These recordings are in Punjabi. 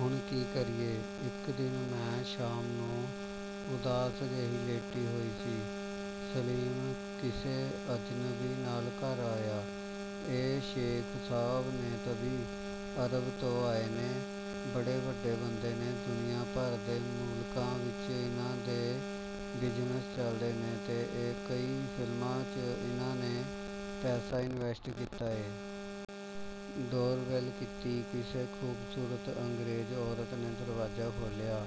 ਹੁਣ ਕੀ ਕਰੀਏ? ਇੱਕ ਦਿਨ ਮੈਂ ਸ਼ਾਮ ਨੂੰ ਉਦਾਸ ਜਿਹੀ ਲੇਟੀ ਹੋਈ ਸੀ, ਸਲੀਮ ਕਿਸੇ ਅਜਨਬੀ ਨਾਲ ਘਰ ਆਇਆ। "ਇਹ ਸ਼ੇਖ ਸਾਹਬ ਨੇ ਤਬੀ। ਅਰਬ ਤੋਂ ਆਏ ਨੇ। ਬੜੇ ਵੱਡੇ ਬੰਦੇ ਨੇ। ਦੁਨੀਆਂ ਭਰ ਦੇ ਮੁਲਕਾਂ ਵਿਚ ਇਨ੍ਹਾਂ ਦੇ ਬਿਜ਼ਨਸ ਚੱਲਦੇ ਨੇ ਤੇ ਕਈ ਫ਼ਿਲਮਾਂ 'ਚ ਇਨ੍ਹਾਂ ਨੇ ਪੈਸਾ ਇਨਵੈਸਟ ਕੀਤਾ ਏ। ਡੋਰ ਬੈੱਲ ਕੀਤੀ। ਕਿਸੇ ਖੂਬਸੂਰਤ ਅੰਗਰੇਜ਼ ਔਰਤ ਨੇ ਦਰਵਾਜ਼ਾ ਖੋਲ੍ਹਿਆ।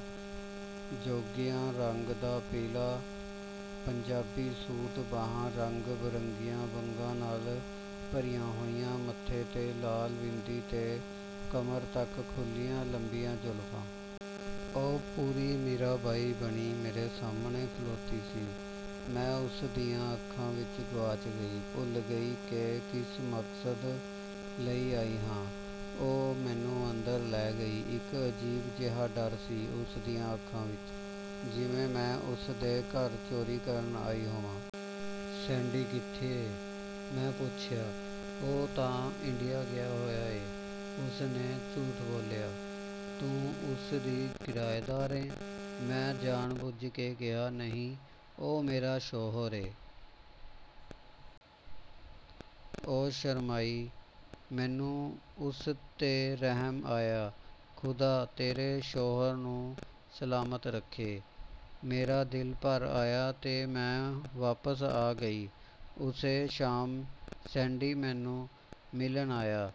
ਜੋਗੀਆ ਰੰਗ ਦਾ ਪੀਲਾ ਪੰਜਾਬੀ ਸੂਟ, ਬਾਹਾਂ ਰੰਗ ਬਰੰਗੀਆਂ ਵੰਗਾਂ ਨਾਲ ਭਰੀਆਂ ਹੋਈਆਂ, ਮੱਥੇ 'ਤੇ ਲਾਲ ਬਿੰਦੀ ਤੇ ਕਮਰ ਤੱਕ ਖੁੱਲ੍ਹੀਆਂ ਲੰਮੀਆਂ ਜ਼ੁਲਫਾਂ। ਉਹ ਪੂਰੀ 'ਮੀਰਾ ਬਾਈ' ਬਣੀ ਮੇਰੇ ਸਾਹਮਣੇ ਖਲੋਤੀ ਸੀ। ਮੈਂ ਉਸ ਦੀਆਂ ਅੱਖਾਂ ਵਿਚ ਗੁਆਚ ਗਈ। ਭੁੱਲ ਗਈ ਕਿ ਕਿਸ ਮਕਸਦ ਲਈ ਆਈ ਹਾਂ। ਉਹ ਮੈਨੂੰ ਅੰਦਰ ਲੈ ਗਈ। ਇੱਕ ਅਜੀਬ ਜਿਹਾ ਡਰ ਸੀ ਉਸ ਦੀਆਂ ਅੱਖਾਂ ਵਿਚ ਜਿਵੇਂ ਮੈਂ ਉਸ ਦੇ ਘਰ ਚੋਰੀ ਕਰਨ ਆਈ ਹੋਵਾਂ। "ਸੈਂਡੀ ਕਿਥੇ ਏ? " ਮੈਂ ਪੁੱਛਿਆ। "ਉਹ ਤਾਂ ਇੰਡੀਆ ਗਿਆ ਹੋਇਆ ਏ। " ਉਸ ਨੇ ਝੂਠ ਬੋਲਿਆ। "ਤੂੰ ਉਸ ਦੀ ਕਿਰਾਏਦਾਰ ਏਂ? " ਮੈਂ ਜਾਣ ਬੁੱਝ ਕੇ ਕਿਹਾ। "ਨਹੀਂ ਉਹ ਮੇਰਾ ਸ਼ੋਹਰ ਏ। " ਉਹ ਸ਼ਰਮਾਈ। ਮੈਨੂੰ ਉਸ 'ਤੇ ਰਹਿਮ ਆਇਆ। "ਖ਼ੁਦਾ ਤੇਰੇ ਸ਼ੋਹਰ ਨੂੰ ਸਲਾਮਤ ਰੱਖੇ! " ਮੇਰਾ ਦਿਲ ਭਰ ਆਇਆ ਤੇ ਮੈਂ ਵਾਪਸ ਆ ਗਈ। ਉਸੇ ਸ਼ਾਮ ਸੈਂਡੀ ਮੈਨੂੰ ਮਿਲਣ ਆਇਆ।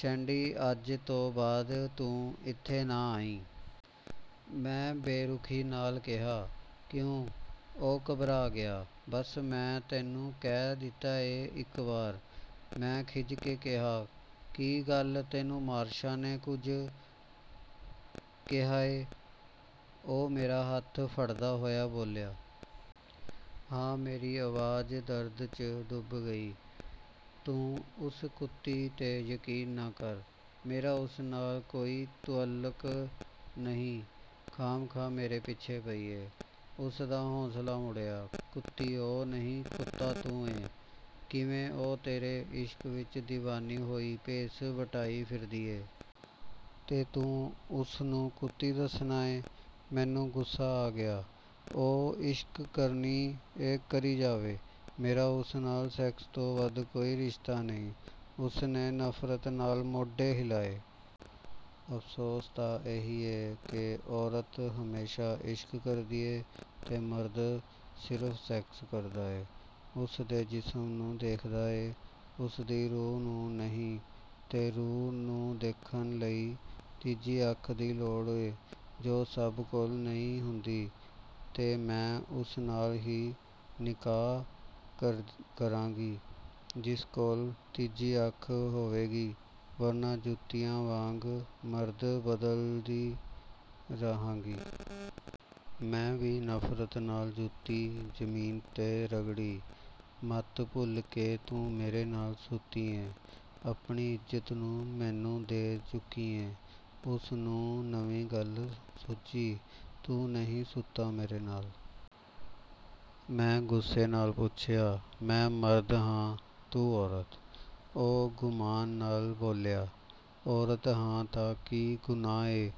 "ਸੈਂਡੀ ਅੱਜ ਤੋਂ ਬਾਅਦ ਤੂੰ ਇਥੇ ਨਾ ਆਈਂ। " ਮੈਂ ਬੇਰੁਖੀ ਨਾਲ ਕਿਹਾ। "ਕਿਉਂ? " ਉਹ ਘਬਰਾ ਗਿਆ। "ਬੱਸ, ਮੈਂ ਤੈਨੂੰ ਕਹਿ ਦਿੱਤਾ ਏ ਇੱਕ ਵਾਰ। " ਮੈਂ ਖਿੱਝ ਕੇ ਕਿਹਾ। "ਕੀ ਗੱਲ ਤੈਨੂੰ ਮਾਰਸ਼ਾ ਨੇ ਕੁਝ ਕਿਹਾ ਏ? " ਉਹ ਮੇਰਾ ਹੱਥ ਫੜਦਾ ਹੋਇਆ ਬੋਲਿਆ। "ਹਾਂ…। " ਮੇਰੀ ਆਵਾਜ਼ ਦਰਦ 'ਚ ਡੁੱਬ ਗਈ। ਤੂੰ ਉਸ ਕੁੱਤੀ 'ਤੇ ਯਕੀਨ ਨਾ ਕਰ। ਮੇਰਾ ਉਸ ਨਾਲ ਕੋਈ ਤੁਅੱਲਕ ਨਹੀਂ। ਖਾਹਮਖਾਹ ਮੇਰੇ ਪਿੱਛੇ ਪਈ ਏ। " ਉਸ ਦਾ ਹੌਸਲਾ ਮੁੜਿਆ। "ਕੁੱਤੀ ਉਹ ਨਹੀਂ, ਕੁੱਤਾ ਤੂੰ ਏਂ… ਕਿਵੇਂ ਉਹ ਤੇਰੇ ਇਸ਼ਕ ਵਿਚ ਦੀਵਾਨੀ ਹੋਈ ਭੇਸ ਵਟਾਈ ਫਿਰਦੀ ਏ। ਤੇ ਤੂੰ ਉਸ ਨੂੰ ਕੁੱਤੀ ਦੱਸਨਾ ਏਂ। " ਮੈਨੂੰ ਗੁੱਸਾ ਆ ਗਿਆ। ਉਹ ਇਸ਼ਕ ਕਰਦੀ ਏ, ਕਰੀ ਜਾਵੇ… ਮੇਰਾ ਉਸ ਨਾਲ ਸੈਕਸ ਤੋਂ ਵੱਧ ਕੋਈ ਰਿਸ਼ਤਾ ਨਹੀਂ। " ਉਸ ਨੇ ਨਫਰਤ ਨਾਲ ਮੋਢੇ ਹਿਲਾਏ। "ਅਫਸੋਸ ਤਾਂ ਇਹੀ ਏ ਕਿ ਔਰਤ ਹਮੇਸ਼ਾ ਇਸ਼ਕ ਕਰਦੀ ਏ ਤੇ ਮਰਦ ਸਿਰਫ ਸੈਕਸ ਕਰਦਾ ਏ। ਉਸ ਦੇ ਜਿਸਮ ਨੂੰ ਦੇਖਦਾ ਏ, ਉਸ ਦੀ ਰੂਹ ਨੂੰ ਨਹੀਂ ਤੇ ਰੂਹ ਨੂੰ ਦੇਖਣ ਲਈ ਤੀਜੀ ਅੱਖ ਦੀ ਲੋੜ ਏ, ਜੋ ਸਭ ਕੋਲ ਨਹੀਂ ਹੁੰਦੀ ਤੇ ਮੈਂ ਉਸੇ ਨਾਲ ਹੀ ਨਿਕਾਹ ਕਰਾਂਗੀ ਜਿਸ ਕੋਲ ਤੀਜੀ ਅੱਖ ਹੋਵੇਗੀ ਵਰਨਾ ਜੁੱਤੀਆਂ ਵਾਂਗ ਮਰਦ ਬਦਲਦੀ ਰਹਾਂਗੀ। " ਮੈਂ ਵੀ ਨਫਰਤ ਨਾਲ ਜੁੱਤੀ ਜ਼ਮੀਨ ਤੇ ਰਗੜੀ। "ਮੱਤ ਭੁੱਲ ਕਿ ਤੂੰ ਮੇਰੇ ਨਾਲ ਸੁੱਤੀ ਏਂ… ਆਪਣੀ ਇੱਜ਼ਤ ਤੂੰ ਮੈਨੂੰ ਦੇ ਚੁੱਕੀ ਏਂ। " ਉਸ ਨੂੰ ਨਵੀਂ ਗੱਲ ਸੁੱਝੀ। "ਤੂੰ ਨਹੀਂ ਸੁੱਤਾ ਮੇਰੇ ਨਾਲ? " ਮੈਂ ਗੁੱਸੇ ਨਾਲ ਪੁੱਛਿਆ। "ਮੈਂ ਮਰਦ ਹਾਂ… ਤੂੰ ਔਰਤ। " ਉਹ ਗੁਮਾਨ ਨਾਲ ਬੋਲਿਆ। "ਔਰਤ ਹਾਂ ਤਾਂ ਕੀ ਗੁਨਾਹ ਏ…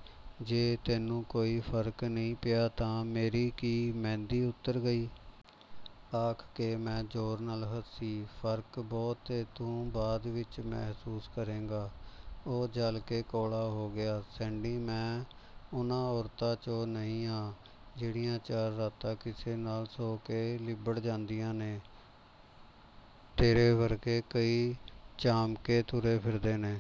ਜੇ ਤੈਨੂੰ ਕੋਈ ਫਰਕ ਨਹੀਂ ਪਿਆ ਤਾਂ ਮੇਰੀ ਕੀ ਮਹਿੰਦੀ ਉਤਰ ਗਈ? " ਆਖ ਕੇ ਮੈਂ ਜ਼ੋਰ ਨਾਲ ਹੱਸੀ। "ਫਰਕ ਬਹੁਤ ਏ ਤੂੰ ਬਾਅਦ ਵਿਚ ਮਹਿਸੂਸ ਕਰੇਂਗੀ। " ਉਹ ਜਲ ਕੇ ਕੋਲਾ ਹੋ ਗਿਆ। "ਸੈਂਡੀ, ਮੈਂ ਉਨ੍ਹਾਂ ਔਰਤਾਂ 'ਚੋਂ ਨਹੀਂ ਹਾਂ ਜਿਹੜੀਆਂ ਚਾਰ ਰਾਤਾਂ ਕਿਸੇ ਨਾਲ ਸੌਂ ਕੇ ਲਿੱਬੜ ਜਾਂਦੀਆਂ ਨੇ। ਤੇਰੇ ਵਰਗੇ ਕਈ ਚਾਮਕੇ ਤੁਰੇ ਫਿਰਦੇ ਨੇ।